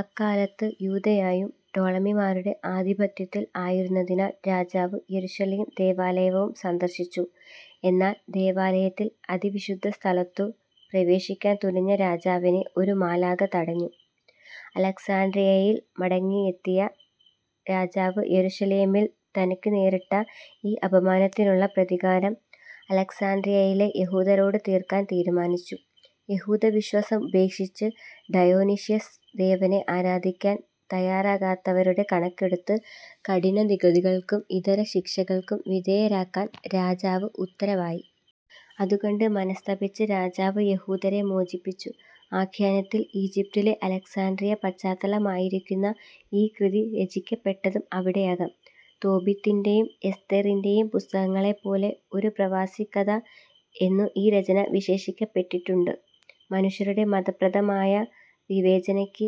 അക്കാലത്ത് യൂദയായും ടോളമിമാരുടെ ആധിപത്യത്തിൽ ആയിരുന്നതിനാൽ രാജാവ് യെരുശലേം ദേവാലയവും സന്ദർശിച്ചു. എന്നാൽ ദേവാലയത്തിൽ അതിവിശുദ്ധസ്ഥലത്തു പ്രവേശിക്കാൻ തുനിഞ്ഞ രാജാവിനെ ഒരു മാലാഖ തടഞ്ഞു. അലക്സാണ്ട്രിയയിൽ മടങ്ങിയെത്തിയ രാജാവ്, യെരുശലേമിൽ തനിക്കു നേരിട്ട ഈ അപമാനത്തിനുള്ള പ്രതികാരം അലക്സാണ്ട്രിയയിലെ യഹൂദരോടു തീർക്കാൻ തീരുമാനിച്ചു. യഹൂദവിശ്വാസം ഉപേക്ഷിച്ച് ഡയോനിഷ്യസ് ദേവനെ ആരാധിക്കാൻ തയ്യാറാകാത്തവരുടെ കണക്കെടുത്ത് കഠിനനികുതികൾക്കും ഇതര ശിക്ഷകൾക്കും വിധേയരാക്കാൻ രാജാവ് ഉത്തരവായി. അതു കണ്ട് മനസ്തപിച്ച് രാജാവ് യഹൂദരെ മോചിപ്പിച്ചു. ആഖ്യാനത്തിൽ ഈജിപ്തിലെ അലക്സാണ്ട്രിയ പശ്ചാത്തലമായിരിക്കുന്ന ഈ കൃതി രചിക്കപ്പെട്ടതും അവിടെയാകാം. തോബിത്തിന്റേയും എസ്തേറിന്റേയും പുസ്തകങ്ങളെപ്പോലെ ഒരു പ്രവാസിക്കഥ എന്നു ഈ രചന വിശേഷിപ്പിക്കപ്പെട്ടിട്ടുണ്ട്. മനുഷ്യരുടെ മതപ്രതമായ വിവേചനയ്ക്ക്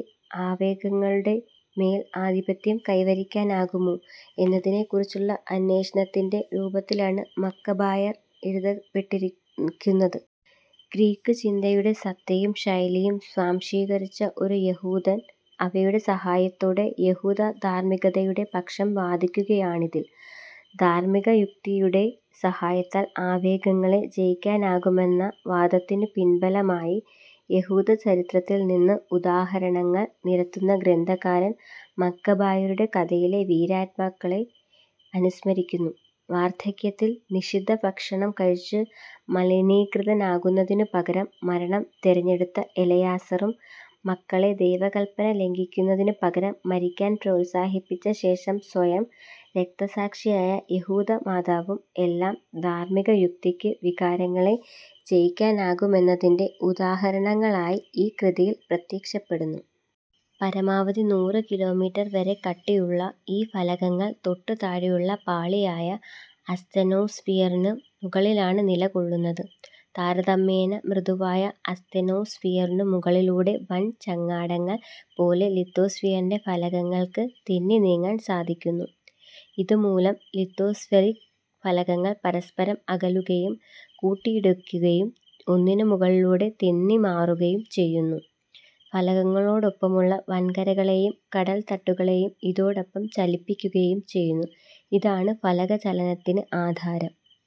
ആവേഗങ്ങളുടെ മേൽ ആധിപത്യം കൈവരിക്കാനാകുമോ എന്നതിനെക്കുറിച്ചുള്ള അന്വേഷണത്തിന്റെ രൂപത്തിലാണ് മക്കബായർ എഴുതപ്പെട്ടിരിക്കുന്നത്. ഗ്രീക്കു ചിന്തയുടെ സത്തയും ശൈലിയും സ്വാംശീകരിച്ച ഒരു യഹൂദൻ അവയുടെ സഹായത്തോടെ യഹൂദധാർമ്മികതയുടെ പക്ഷം വാദിക്കുകയാണിതിൽ. ധാർമ്മികയുക്തിയുടെ സഹായത്താൽ ആവേഗങ്ങളെ ജയിക്കാനാകുമെന്ന വാദത്തിനു പിൻബലമായി യഹൂദചരിത്രത്തിൽ നിന്ന് ഉദാഹരണങ്ങൾ നിരത്തുന്ന ഗ്രന്ഥകാരൻ മക്കബായരുടെ കഥയിലെ വീരാത്മാക്കളെ അനുസ്മരിക്കുന്നു. വാർദ്ധക്യത്തിൽ നിഷിദ്ധഭക്ഷണം കഴിച്ച് മലിനീകൃതനാകുന്നതിനു പകരം മരണം തെരഞ്ഞെടുത്ത എലെയാസറും, മക്കളെ ദൈവകല്പന ലംഘിക്കുന്നതിനു പകരം മരിക്കാൻ പ്രോത്സാഹിപ്പിച്ച ശേഷം സ്വയം രക്തസാക്ഷിയായ യഹൂദമാതാവും എല്ലാം, ധാർമ്മികയുക്തിയ്ക്ക് വികാരങ്ങളെ ജയിക്കാനാകുമെന്നതിന്റെ ഉദാഹരണങ്ങളായി ഈ കൃതിയിൽ പ്രത്യക്ഷപ്പെടുന്നു. പരമാവധി നൂറു കിലോമീറ്റർ വരെ കട്ടിയുള്ള ഈ ഫലകങ്ങൾ തൊട്ടു താഴെയുള്ള പാളിയായ അസ്തെനോസ്ഫിയറിനു മുകളിലാണ് നിലകൊള്ളുന്നത്. താരതമ്യേന മൃദുവായ അസ്തെനോസ്ഫിയറിനു മുകളിലൂടെ വൻ ചങ്ങാടങ്ങൾ പോലെ ലിത്തോസ്ഫിയറിന്റെ ഫലകങ്ങൾക്ക് തെന്നി നീങ്ങാൻ സാധിക്കുന്നു. ഇതു മൂലം ലിത്തോസ്ഫെറിക് ഫലകങ്ങൾ പരസ്പരം അകലുകയും കൂട്ടിയിടിക്കുകയും ഒന്നിനു മുകളിലൂടെ തെന്നിമാറുകയും ചെയ്യുന്നു. ഫലകങ്ങളോടൊപ്പമുള്ള വൻകരകളേയും, കടൽത്തട്ടുകളേയും ഇതോടൊപ്പം ചലിപ്പിക്കുകയും ചെയ്യുന്നു. ഇതാണ് ഫലകചലനത്തിന് ആധാരം.